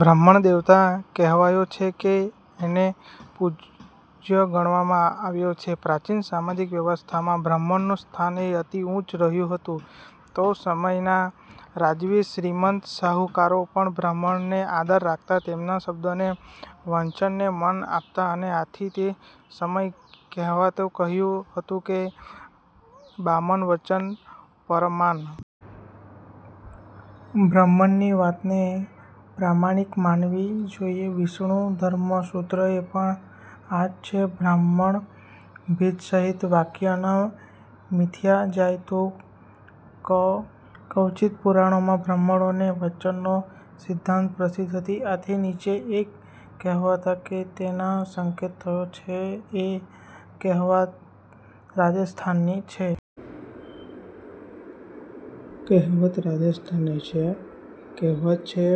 બ્રાહ્મણ દેવતા કહેવાયો છે. એને પૂજ્ય ગણવામાં આવ્યો છે. પ્રાચીન સામાજિક વ્યવસ્થામાં બ્રાહ્મણનું સ્થાન અતિ ઉચ્ચ રહ્યું હતું. તે સમયના રાજવીઓ શ્રીમંત શાહુકારો પણ બ્રાહ્મણને આદર રાખતાં. તેમના શબ્દ વચનને માન આપતાં. અને આથી જ તે સમયની કહેવતે કહ્યું હતું કે બામન વચન પરમાન. બ્રાહ્મણની વાતને જ પ્રામાણિક માનવી જોઈએ. વિષ્ણુ ધર્મસૂત્રે પણ આજ છે બ્રાહ્મણાભિહિતં વાક્યં ન મિથ્યા જાય તે ક્વચિત. પુરા કાળમાં બ્રાહ્મણોની વચનસિદ્ધતા પ્રસિદ્ધ હતી. આથી જ નીચેની એક કહેવતમાં તેનો સંકેત થયો છે એ કહેવત રાજસ્થાની છે. કહેવત રાજસ્થાની છે. કહેવત છે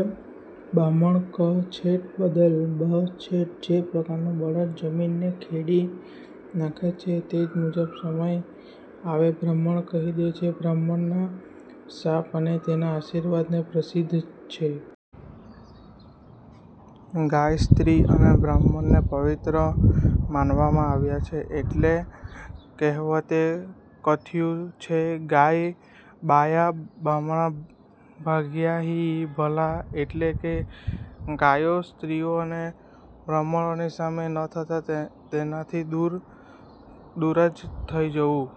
બામણ કહ છટૈ બલદ બહ છટૈ. જે પ્રકારે બળદ જમીનને ખેડી નાખે છે તે જ મુજબ સમય આવે બ્રાહ્મણ કહી દે છે. બ્રાહ્મણના શાપ અને તેના આશીર્વાદ તો પ્રસિદ્ધ જ છે. ગાય, સ્ત્રી અને બ્રાહ્મણને પવિત્ર માનવામાં આવ્યા છે એટલે જ કહેવતે કથ્યું છે ગયાં બાયાં બામણાં ભાગ્યાં હી ભલા. એટલે કે ગાયો સ્ત્રીઓ અને બ્રાહ્મણોની સામે ન થતાં તેમનાથી દૂર દૂર જ થઈ જવું.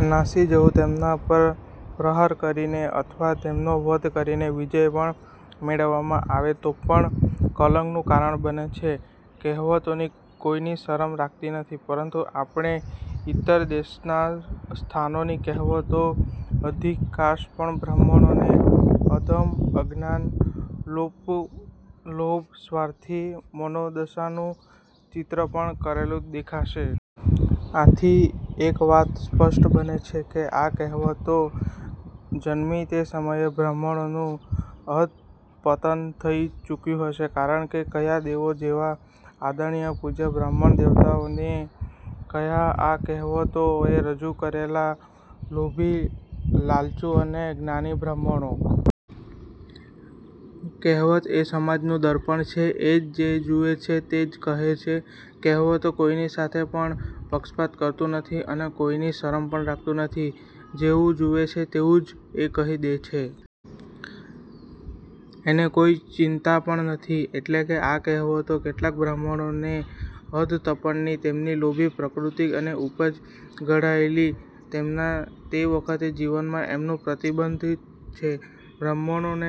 નાસી જવું. તેમના પર પ્રહાર કરીને અથવા તેમનો વધ કરીને વિજય પણ મેળવવામાં આવે તો પણ તે કલંકનું કારણ બને છે. કહેવતો કોઈની શરમ રાખતી નથી. પરંતુ આપણી ઈતર દેશો સ્થાનોની કહેવતોએ અધિકાંશ પણે બ્રાહ્મણોની અધમ અજ્ઞાન લોલુપ લોભી સ્વાર્થી મનોદશાનું જ ચિત્રણ કરેલું દેખાશે આથી એક વાત સ્પષ્ટ બને છે કે આ કહેવતો જન્મી તે સમયે બ્રાહ્મણોનું અધ:પતન થઈ ચૂક્યું હશે કારણ, ક્યાં દેવ જેવા આદરણીય પૂજ્ય બ્રાહ્મણ દેવતાઓ અને ક્યાં આ કહેવતોએ રજુ કરેલા લોભી લાલચુ અને જ્ઞાની બાહ્મણો. કહેવત એ સમાજ જીવનનું દર્પણ છે. એ જે જુએ છે તે જ કહે છે. કહેવતો કોઈની સાથે પણ પક્ષપાત કરતું નથી. અને કોઈની શરમ પણ રાખતું નથી. જેવું જુએ છે તેવું જ એ કહી દે છે. એને કોઈ ચિંતા પણ નથી. એટલે આ કહેવતો કેટલાક બ્રાહ્મણોના અધ તપન ની તેમની લોભી પ્રકૃતિની ઉપર જ ઘડાયલી છે. તેમના તે વખતના જીવનનું એમાં પ્રતિબિંધ છે. બ્રાહ્મણ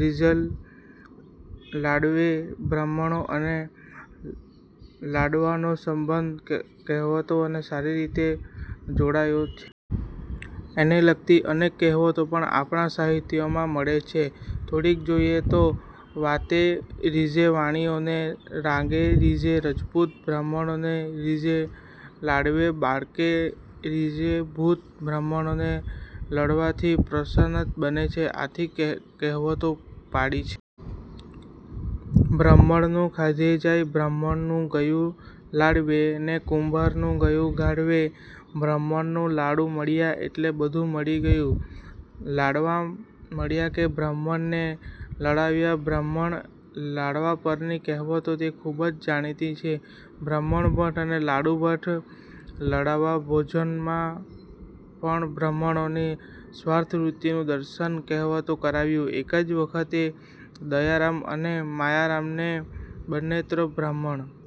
રીઝે લાડવે બ્રાહ્મણ અને લાડવાનો સંબંધ કહેવતોએ સારી રીતે જોડયો છે. એને લગતી અનેક કહેવતોએ આપણા સાહિત્યમાં મળે છે. થોડીક જોઈએ તો. વાતે રીઝે વાણીઓ રાગે રીઝે રજપૂત બામણ રીઝે લાડવે, બાકળે રીઝે ભૂત બ્રાહ્મણ લાડવાથી પ્રસન્ન બને છે. આથી કહેવતો પડી છે - 'બ્રાહ્મણનું ખાધે જાય' 'બ્રાહ્મણનું ગયું લાડવે ને કુંભારનું ગયું ઘાડવે,'બ્રાહ્મણને લાડુ મળ્યા એટલે બધું મળી ગયું' 'લાડવા મળ્યા કે બ્રાહ્મણ લદયા' બ્રાહ્મણ અને લાડવા પરની એક કહેવત તો ખૂબ જ જાણીતી છે 'બ્રાહ્મણ ભટ્ટ ને લાડુ ચટ્ટ' લાડવા ભોજનમાં પણ બ્રાહ્મણોની સ્વાર્થવૃત્તિનું દર્શન કહેવતે કરાવ્યું છે. એક વખતે દયારામને અને માયારામ બન્ને બ્રાહ્મણો